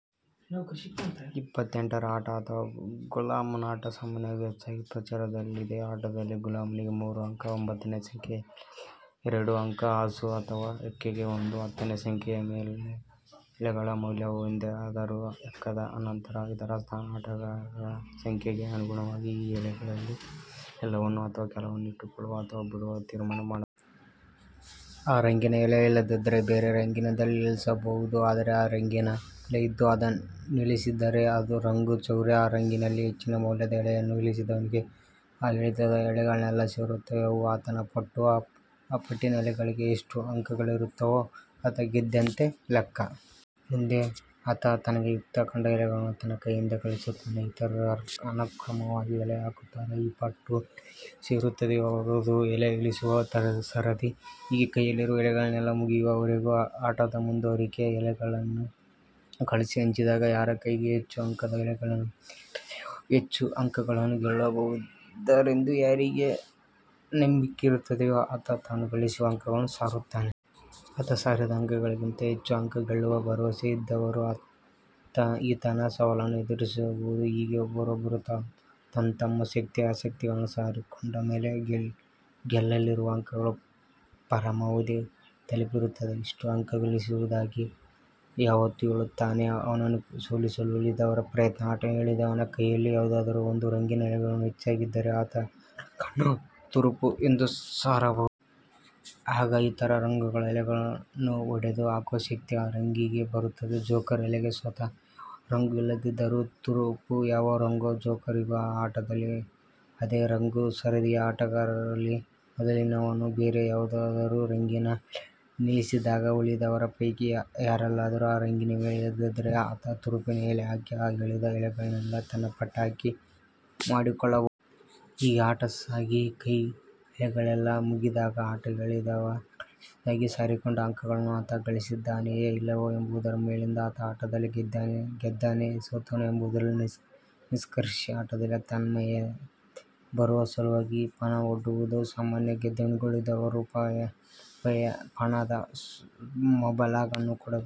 ಇಪ್ಪತ್ತೆಂಟರ ಆಟ ಅಥವಾ ಗುಲಾಮನಾಟ ಸಾಮಾನ್ಯವಾಗಿ ಹೆಚ್ಚಾಗಿ ಪ್ರಚಾರದಲ್ಲಿದೆ. ಆಟದಲ್ಲಿ ಗುಲಾಮನಿಗೆ ಮೂರು ಅಂಕ; ಒಂಬತ್ತನೆಯ ಸಂಖ್ಯೆಯ ಎಲೆಗೆ ಎರಡು ಅಂಕ; ಹಾಸು ಅಥವಾ ಎಕ್ಕಕ್ಕೆ ಒಂದು. ಹತ್ತನೆಯ ಸಂಖ್ಯೆಯ ಎಲೆಗಳ ಮೌಲ್ಯವೂ ಒಂದೇ ಆದರೂ ಎಕ್ಕದ ಅನಂತರ ಇದರ ಸ್ಥಾನ. ಆಟಗಾರರ ಸಂಖ್ಯೆಗೆ ಅನುಗುಣವಾಗಿ ಈ ಎಲೆಗಳಲ್ಲಿ ಎಲ್ಲವನ್ನು ಅಥವಾ ಕೆಲವನ್ನು ಇಟ್ಟುಕೊಳ್ಳುವ ಅಥವಾ ಬಿಡುವ ತೀರ್ಮಾನ ಮಾಡಬಹುದು. ಆ ರಂಗಿನ ಎಲೆ ಇಲ್ಲದಿದ್ದರೆ ಬೇರೆ ರಂಗಿನದನ್ನಿಳಿಸಬಹುದು. ಆದರೆ ಆ ರಂಗಿನ ಎಲೆ ಇದ್ದು ಅದನ್ನಿಳಿಸದಿದ್ದರೆ ಅದು ರಂಗು ಚೌರ್ಯ. ಆ ರಂಗಿನಲ್ಲಿ ಹೆಚ್ಚಿನ ಮೌಲ್ಯದ ಎಲೆಯನ್ನು ಇಳಿಸಿದವನಿಗೆ ಆ ಇಳಿತದ ಎಲೆಗಳೆಲ್ಲ ಸೇರುತ್ತವೆ. ಅವು ಆತನ ಪಟ್ಟು. ಆ ಪಟ್ಟಿನ ಎಲೆಗಳಲ್ಲಿ ಎಷ್ಟು ಅಂಕಗಳಿರುತ್ತವೋ ಆತ ಗೆದ್ದಂತೆ ಲೆಕ್ಕ. ಮುಂದೆ ಆತ ತನಗೆ ಯುಕ್ತ ಕಂಡ ಎಲೆಯನ್ನು ತನ್ನ ಕೈಯಿಂದ ಕಳಿಸುತ್ತಾನೆ. ಇತರರು ಅನುಕ್ರಮವಾಗಿ ಎಲೆ ಹಾಕುತ್ತಾರೆ. ಈ ಪಟ್ಟು ಯಾರಿಗೆ ಸೇರುತ್ತದೋ ಅವರದು ಎಲೆ ಇಳಿಸುವ ಸರದಿ. ಹೀಗೆ ಕೈಲಿರುವ ಎಲೆಗಳೆಲ್ಲ ಮುಗಿಯುವ ವರೆಗೂ ಆಟದ ಮುಂದುವರಿಕೆ. ಎಲೆಗಳನ್ನು ಕಲಸಿ ಹಂಚಿದಾಗ ಯಾರ ಕೈಗೆ ಹೆಚ್ಚು ಅಂಕದ ಎಲೆಗಳು ಬಂದಿರುತ್ತವೋ ಹೆಚ್ಚು ಅಂಕಗಳನ್ನು ಗೆಲ್ಲಬಹುದೆಂದು ಯಾರಿಗೆ ನಂಬಿಕೆಯಿರುತ್ತದೋ ಆತ ತಾನು ಗಳಿಸುವ ಅಂಕಗಳನ್ನು ಸಾರುತ್ತಾನೆ. ಆತ ಸಾರಿದ ಅಂಕಗಳಿಗಿಂತ ಹೆಚ್ಚು ಅಂಕ ಗೆಲ್ಲುವ ಭರವಸೆಯಿದ್ದವರು ಈತನ ಸವಾಲನ್ನು ಎದುರಿಸಬಹುದು. ಹೀಗೆ ಒಬ್ಬೊಬ್ಬರು ತಂತಮ್ಮ ಶಕ್ತಿ. ಅಶಕ್ತಿಗಳನ್ನು ಸಾರಿಕೊಂಡಮೇಲೆ, ಗೆಲ್ಲಲಿರುವ ಅಂಕಗಳ ಪರಮಾವಧಿ ತಲುಪಿರುತ್ತದೆ. ಇಷ್ಟು ಅಂಕ ಗಳಿಸುವುದಾಗಿ ಯಾವಾತ ಹೇಳುತ್ತಾನೋ ಅವನನ್ನು ಸೋಲಿಸಲು ಉಳಿದವರ ಪ್ರಯತ್ನ, ಆಟ ಹೇಳಿದವನ ಕೈಯಲ್ಲಿ ಯಾವುದಾದರೂ ಒಂದು ರಂಗಿನ ಎಲೆಗಳು ಹೆಚ್ಚಾಗಿದ್ದರೆ ಆತ ಆ ರಂಗನ್ನು ತುರುಪು ಎಂದು ಸಾರಬಹುದು. ಆಗ ಇತರ ರಂಗುಗಳ ಎಲೆಗಳನ್ನು ಹೊಡೆದು ಹಾಕುವ ಶಕ್ತಿ ಆ ರಂಗಿಗೆ ಬರುತ್ತದೆ. ಜೋಕರ್ ಎಲೆಗೆ ಸ್ವತಃ ಯಾವ ರಂಗೂ ಇಲ್ಲದಿದ್ದರೂ ತುರುಪು ಯಾವ ರಂಗೋ ಜೋಕರಿಗೂ ಆ ಆಟದಲ್ಲಿ ಅದೇ ರಂಗು. ಸರದಿಯ ಆಟಗಾರರಲ್ಲಿ ಮೊದಲಿನವನ ಬೇರೆ ಯಾವುದಾದರೂ ರಂಗಿನ ಎಲೆಯನ್ನಿಳಿಸಿದಾಗ, ಉಳಿದವರ ಪೈಕಿ ಯಾರಲ್ಲಾದರೂ ಆ ರಂಗಿನ ಎಲೆ ಇಲ್ಲದಿದ್ದರೆ ಆತ ತುರುಪಿನ ಎಲೆ ಹಾಕಿ ಆ ಇಳಿತದ ಎಲೆಗಳನ್ನೆಲ್ಲ ತನ್ನ ಪಟ್ಟಾಗಿ ಮಾಡಿಕೊಳ್ಳಬಹುದು. ಹೀಗೆ ಆಟ ಸಾಗಿ ಕೈಯ ಎಲೆಗಳೆಲ್ಲ ಮುಗಿದಾಗ ಆಟ ಹೇಳಿದವ ಗಳಿಸುವುದಾಗಿ ಸಾರಿಕೊಂಡ ಅಂಕಗಳನ್ನು ಆತ ಗಳಿಸಿದ್ದಾನೆಯೆ ಇಲ್ಲವೆ ಎಂಬುದರ ಮೇಲಿಂದ ಆತ ಆಟದಲ್ಲಿ ಗೆದ್ದನೆ, ಸೋತನೆ ಎಂಬುದರಲ್ಲಿ ನಿಷ್ಕರ್ಷೆ. ಆಟದಲ್ಲಿ ತನ್ಮಯತೆ ಬರುವ ಸಲುವಾಗಿ ಪಣ ಒಡ್ಡುವುದೂ ಸಾಮಾನ್ಯ. ಗೆದ್ದವನಿಗೆ ಉಳಿದವರು ಪಣದ ಮೊಬಲಗನ್ನು ಕೊಡಬೇಕು.